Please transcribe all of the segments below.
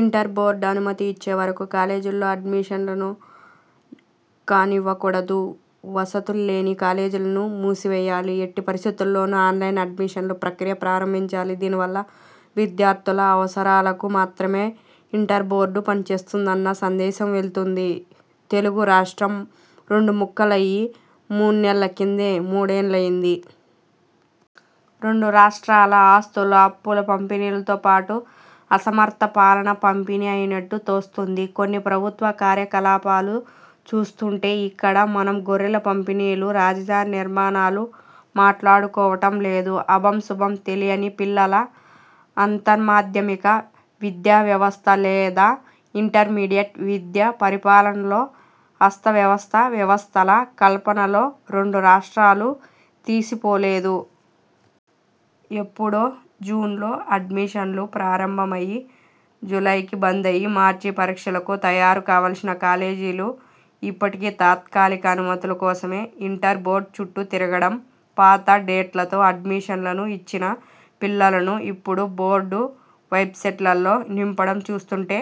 Inter board అనుమతి ఇచ్చే వరకూ కాలేజీల్లో అడ్మిషన్లను కానివ్వకూడదు. వసతులు లేని కాలేజీలను మూసివేయాలి. ఎట్టి పరిస్థితుల్లోనూ ఆన్లైన్ అడ్మిషన్ ప్రక్రియ ప్రారంభించాలి. దీనివల్ల విద్యార్థుల అవసరాలకు మాత్రమే ఇంటర్ బోర్డు పనిచేస్తుందన్న సందేశం వెళుతుంది. తెలుగు రాష్ట్రం రెండు ముక్కలయి మూణ్ణెల్ల కిందే మూడేండ్లయింది. రెండు రాష్ట్రాల ఆస్తులూ అప్పుల పంపిణీలతో పాటు అసమర్థ పాలనా పంపిణీ అయినట్టు తోస్తోంది కొన్ని ప్రభుత్వ కార్యకలాపాలు చూస్తోంటే. ఇక్కడ మనం గొర్రెల పంపిణీలూ, రాజధాని నిర్మాణాలూ మాట్లాడుకోవటం లేదు. అభం శుభం తెలియని పిల్లల అంతర్మాధ్యమిక విద్యావ్యవస్థ లేదా ఇంటర్మీడియట్ విద్యా పరిపాలనలో అస్తవ్యస్త వ్యవస్థల కల్పనలో రెండు రాష్ర్టాలూ తీసిపోలేదు. ఎప్పుడో జూన్లో అడ్మిషన్లు ప్రారంభమయి, జూలైకి బందయి, మార్చి పరీక్షలకు తయారు కావాల్సిన కాలేజీలు ఇప్పటికీ తాత్కాలిక అనుమతుల కోసమే ఇంటర్ బోర్డు చుట్టూ తిరగడం, పాత డేట్లతో అడ్మిషన్లు ఇచ్చిన పిల్లలను ఇప్పుడు బోర్డు వెబ్సైట్లలో నింపడం చూస్తుంటే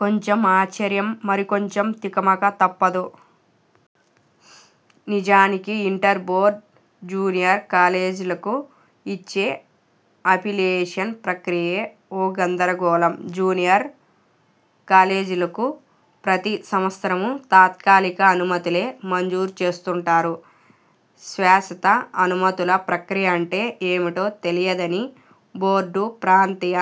కొంచెం ఆశ్చర్యం మరికొంచెం తికమక తప్పదు. నిజానికి ఇంటర్ బోర్డు జూనియర్ కాలేజీలకు ఇచ్చే అఫిలియేషన్ ప్రక్రియే ఓ గందరగోళం. జూనియర్ కాలేజీలకు ప్రతి సంవత్సరమూ తాత్కాలిక అనుమతులే మంజూరు చేస్తుంటారు. శాశ్వత అనుమతుల ప్రక్రియ అంటే ఏమిటో తెలియదని బోర్డు ప్రాంతీయ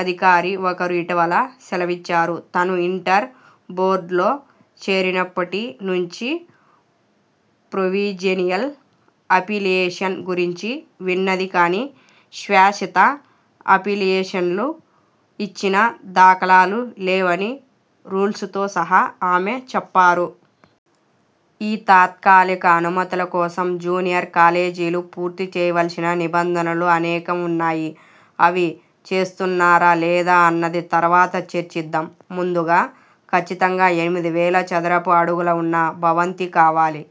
అధికారి ఒకరు ఇటీవల సెలవిచ్చారు. తాను ఇంటర్ బోర్డులో చేరినప్పటి నుంచి 'ప్రొవిజినల్ అఫిలియేషన్' గురించే విన్నది కాని శాశ్వత అఫిలియేషన్లు ఇచ్చిన దాఖలాలు లేవని రూల్సుతో సహా ఆమె చెప్పారు. ఈ తాత్కాలిక అనుమతుల కోసం జూనియర్ కాలేజీలు పూర్తిచేయాల్సిన నిబంధనలు అనేకం ఉన్నాయి. అవి చేస్తున్నారా లేదా అన్నది తరువాత చర్చిద్దాం. ముందుగా కచ్చితంగా ఎనిమిదివేల చదరపు అడుగులు ఉన్న భవంతి కావాలి.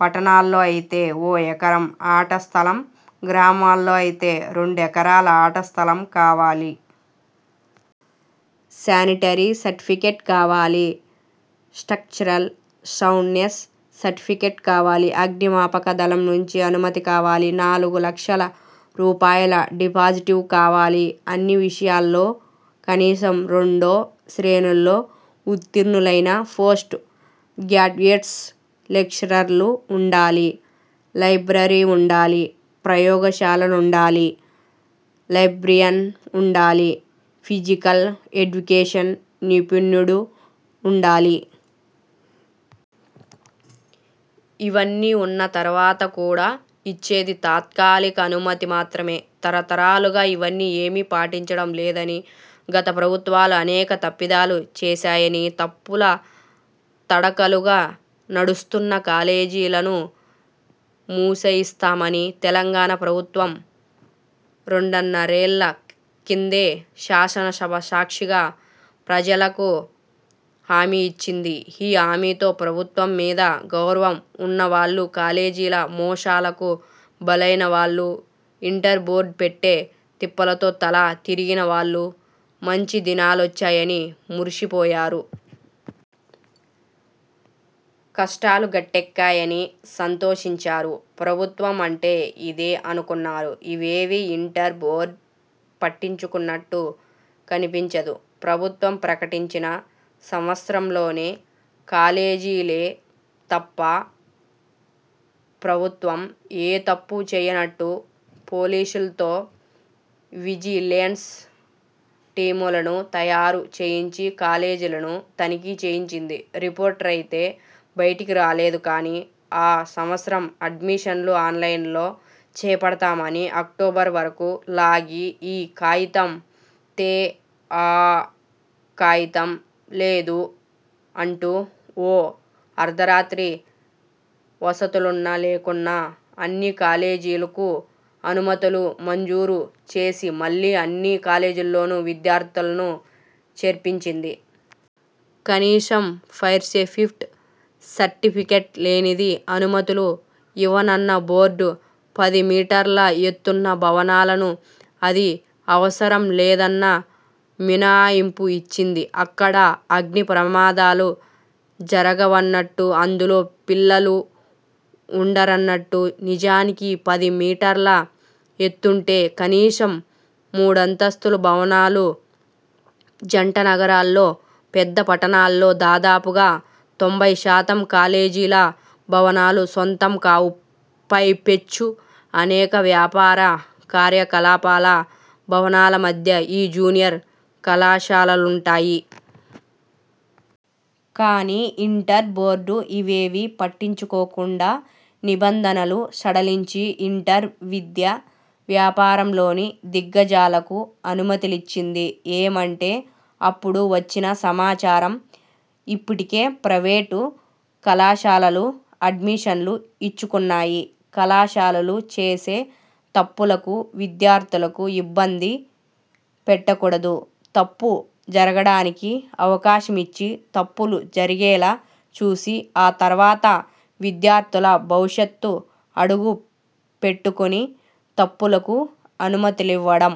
పట్టణాల్లో అయితే ఓ ఎకరం ఆట స్థలం, గ్రామాల్లో అయితే రెండెకరాల ఆట స్థలం కావాలి. శానిటరీ సర్టిఫికెట్ కావాలి, స్ర్టక్చరల్ సౌండ్నెస్ సర్టిఫికెట్ కావాలి. అగ్నిమాపక దళం నుంచి అనుమతి కావాలి, నాలుగు లక్షల రూపాయల డిపాజిట్ కావాలి, అన్ని విషయాల్లో కనీసం రెండో శ్రేణిలో ఉత్తీర్ణులయిన పోస్ట్ గ్రాడ్యుయేట్స్ లెక్చరర్లు ఉండాలి, లైబ్రరీ ఉండాలి, ప్రయోగశాలలుండాలి, లైబ్రేయన్ ఉండాలి, ఫిజికల్ ఎడ్యుకేషన్ నిపుణుడు ఉండాలి. ఇవన్నీ ఉన్న తర్వాత కూడా ఇచ్చేది తాత్కాలిక అనుమతి మాత్రమే. తరతరాలుగా ఇవన్నీ ఏమీ పాటించడం లేదనీ, గత ప్రభుత్వాలు అనేక తప్పిదాలు చేశాయని, తప్పుల తడకలుగా నడుస్తున్న కాలేజీలను మూసేయిస్తామనీ తెలంగాణ ప్రభుత్వం రెండున్నరేళ్ల కిందే శాసనసభ సాక్షిగా ప్రజలకు హామీఇచ్చింది. ఈ హామీతో ప్రభుత్వం మీద గౌరవం ఉన్నవాళ్లూ, కాలేజీల మోసాలకు బలైన వాళ్లూ, ఇంటర్ బోర్డు పెట్టే తిప్పలతో తల తిరిగిన వాళ్లూ మంచి దినాలొచ్చాయని మురిసిపోయారు. కష్టాలుగట్టెక్కాయని సంతోషించారు. ప్రభుత్వం అంటే ఇదే అనుకున్నారు. ఇవేవీ ఇంటర్ బోర్డు పట్టించుకున్నట్టు కనిపించదు. ప్రభుత్వం ప్రకటించిన సంవత్సరంలోనే కాలేజీలే తప్ప ప్రభుత్వం ఏ తప్పూ చేయనట్టు పోలీసులతో విజిలెన్సు టీములను తయారుచేయించి కాలేజీలను తనిఖీ చేయించింది. రిపోర్టయితే బయటికి రాలేదు కాని ఆ సంవత్సరం అడ్మిషన్లు ఆన్లైన్లో చేపడతామని అక్టోబర్ వరకూ లాగి, ఈ కాయితం తే ఆ కాయితం లేదూ అంటూ ఓ అర్ధరాత్రి వసతులున్నా లేకున్నా అన్ని కాలేజీలకూ అనుమతులు మంజూరు చేసి మళ్లీ అన్ని కాలేజీల్లోనూ విద్యార్థులను చేర్పించింది. కనీసం ఫైర్సెఫిట్ సర్టిఫికెటు లేనిది అనుమతులు ఇవ్వనన్న బోర్డు, పది మీటర్ల ఎత్తున్న భవనాలను అది అవసరం లేదన్న మినహాయింపు ఇచ్చింది, అక్కడ అగ్నిప్రమాదాలు జరగవన్నట్టూ అందులో పిల్లలు ఉండరన్నట్టూ. నిజానికి పది మీటర్ల ఎత్తంటే కనీసం మూడంతస్తుల భవనాలు. జంటనగరాల్లో పెద్దపట్టణాల్లో దాదాపుగా తొంభై శాతం కాలేజీల భవనాలు సొంతం కావు పైపెచ్చు అనేక వ్యాపార కార్యకలాపాల భవనాల మధ్య ఈ జూనియర్ కళాశాలలుంటాయి. కాని ఇంటర్ బోర్డు ఇవేవీ పట్టించుకోకుండా నిబంధనలు సడలించి, ఇంటర్ విద్యా వ్యాపారంలోని దిగ్గజాలకు అనుమతులిచ్చింది. ఏమంటే అప్పుడు వచ్చిన సమాచారం 'ఇప్పటికే ప్రైవేటు కళాశాలలు అడ్మిషన్లు ఇచ్చుకున్నాయి, కళాశాలలు చేసే తప్పులకు విద్యార్థులకు ఇబ్బంది పెట్టకూడదు'. తప్పు జరగడానికి అవకాశమిచ్చి, తప్పులు జరిగేలా చూసి, ఆ తర్వాత విద్యార్థుల భవిష్యత్తు అదిగుపెట్టుకుని తప్పులకు అనుమతులివ్వడం